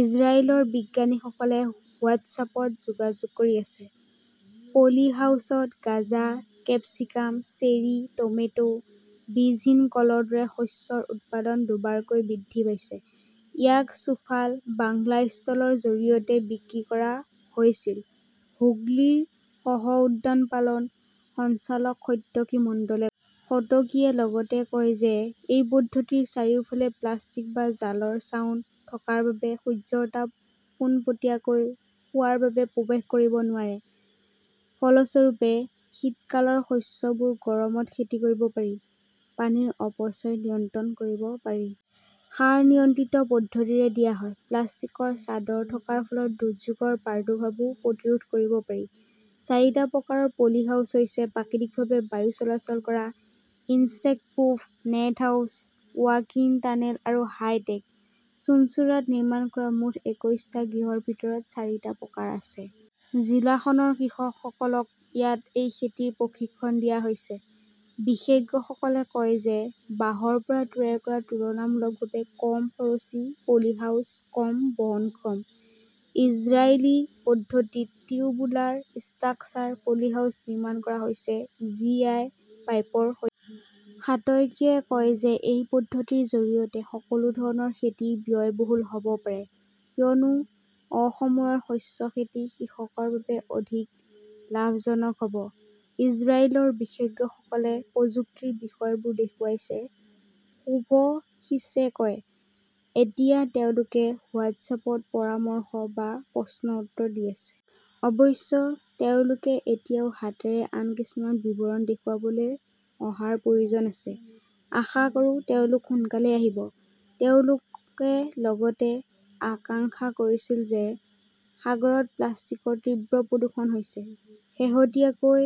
ইজৰাইলৰ বিজ্ঞানীসকলে হোৱাট্ছএপত যোগাযোগ কৰি আছে। পলিহাউচত গাঁজা, কেপচিকাম, চেৰী, টমেটো, বীজহীন কলৰ দৰে শস্যৰ উৎপাদন দুবাৰকৈ বৃদ্ধি পাইছে। ইয়াক চুফাল বাংলা ষ্টলৰ জৰিয়তে বিক্ৰী কৰা হৈছিল", হুগলীৰ সহ-উদ্যানপালন সঞ্চালক সত্যকী মণ্ডলে সতকীয়ে লগতে কয় যে এই পদ্ধতিৰ চাৰিওফালে প্লাষ্টিক বা জালৰ ছাউণ্ড থকাৰ বাবে সূৰ্যৰ তাপ পোনপটীয়াকৈ খোৱাৰ বাবে প্ৰৱেশ কৰিব নোৱাৰে। ফলস্বৰূপে, শীতকালৰ শস্যবোৰ গৰমত খেতি কৰিব পাৰি। পানীৰ অপচয় নিয়ন্ত্ৰণ কৰিব পাৰি। সাৰ নিয়ন্ত্ৰিত পদ্ধতিৰে দিয়া হয়। প্লাষ্টিকৰ চাদৰ থকাৰ ফলত দুৰ্যোগৰ প্ৰাদুৰ্ভাৱো প্ৰতিৰোধ কৰিব পাৰি। চাৰিটা প্ৰকাৰৰ পলিহাউছ হৈছে প্ৰাকৃতিকভাৱে বায়ু চলাচল কৰা, insect proof net house, walk in tunnel আৰু হাইটেক। চুঞ্চুৰাত নিৰ্মাণ কৰা মুঠ একৈশটা গৃহৰ ভিতৰত চাৰিটা প্ৰকাৰ আছে। জিলাখনৰ কৃষকসকলক ইয়াত এই খেতিৰ প্ৰশিক্ষণ দিয়া হৈছে। বিশেষজ্ঞসকলে কয় যে বাঁহৰ পৰা তৈয়াৰ কৰা তুলনামূলকভাৱে কম খৰচী পলিহাউছ কম বহনক্ষম। ইজৰাইলী পদ্ধতিত 'টিউবুলাৰ ষ্ট্ৰাকচাৰ পলিহাউছ' নিৰ্মাণ কৰা হৈছে জি. আই. পাইপৰ সৈতে। সাতয়কীয়ে কয় যে এই পদ্ধতিৰ জৰিয়তে সকলো ধৰণৰ খেতি ব্যয়বহুল হ'ব পাৰে, কিয়নো অসময়ৰ শস্য খেতি কৃষকৰ বাবে অধিক লাভজনক হ'ব। "ইজৰাইলৰ বিশেজ্ঞসকলে প্ৰযুক্তিৰ বিষয়বোৰ দেখুৱাইছে", শুভশিছে কয়। এতিয়া তেওঁলোকে হোৱাট্ছএপত পৰামৰ্শ বা প্ৰশ্নৰ উত্তৰ দি আছে। অৱশ্য, তেওঁলোকে এতিয়াও হাতেৰে আন কিছুমান বিৱৰণ দেখুৱাবলৈ অহাৰ প্ৰয়োজন আছে। আশা কৰোঁ তেওঁলোক সোনকালেই আহিব। তেওঁলোকে লগতে আকাংক্ষা কৰিছিল যে সাগৰত প্লাষ্টিকৰ তীব্ৰ প্ৰদূষণ হৈছে। শেহতীয়াকৈ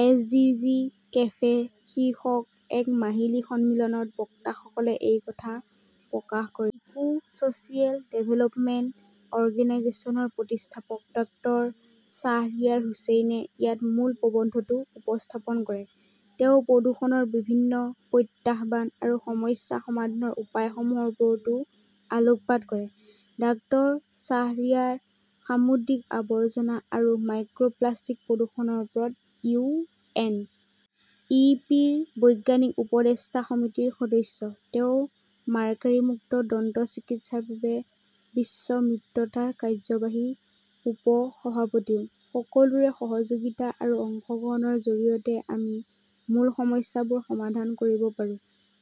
"এছডিজি কেফে" শীৰ্ষক এক মাহিলী সন্মিলনত বক্তাসকলে এই কথা প্ৰকাশ কৰি ইকো-ছ'চিয়েল ডেভেলপমেণ্ট অৰ্গেনাইজেশ্যনৰ প্ৰতিষ্ঠাপক ডাঃ শ্বাহৰিয়াৰ হুচেইনে ইয়াত মূল প্ৰবন্ধটো উপস্থাপন কৰে। তেওঁ প্ৰদূষণৰ বিভিন্ন প্ৰত্যাহ্বান আৰু সমস্যা সমাধানৰ উপায়সমূহৰ ওপৰতো আলোকপাত কৰে। ডাঃ শ্বাহৰিয়াৰ সামুদ্ৰিক আৱৰ্জনা আৰু মাইক্ৰ'প্লাষ্টিক প্ৰদূষণৰ ওপৰত ইউ. এন. ই. পি. ৰ বৈজ্ঞানিক উপদেষ্টা সমিতিৰ সদস্য। তেওঁ মাৰ্কাৰীমুক্ত দন্তচিকিৎসাৰ বাবে বিশ্ব মিত্ৰতাৰ কাৰ্যবাহী উপ-সভাপতিও। "সকলোৰে সহযোগিতা আৰু অংশগ্ৰহণৰ জৰিয়তে আমি মূল সমস্যাবোৰ সমাধান কৰিব পাৰোঁ",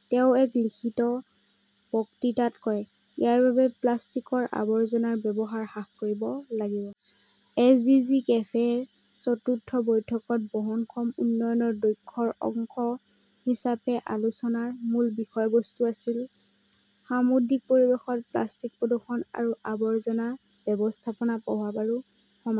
তেওঁ এক লিখিত বক্তৃতাত কয়। ইয়াৰ বাবে প্লাষ্টিকৰ আৱৰ্জনাৰ ব্যৱহাৰ হ্ৰাস কৰিব লাগিব। "এছডিজি কেফে" ৰ চতুৰ্থ বৈঠকত বহনক্ষম উন্নয়নৰ দৈঘ্য অংশ হিচাপে আলোচনাৰ মূল বিষয়বস্তু আছিল "সামুদ্ৰিক পৰিৱেশত প্লাষ্টিক প্ৰদূষণ আৰু আৱৰ্জনা ব্যৱস্থাপনা প্ৰভাৱ আৰু সমা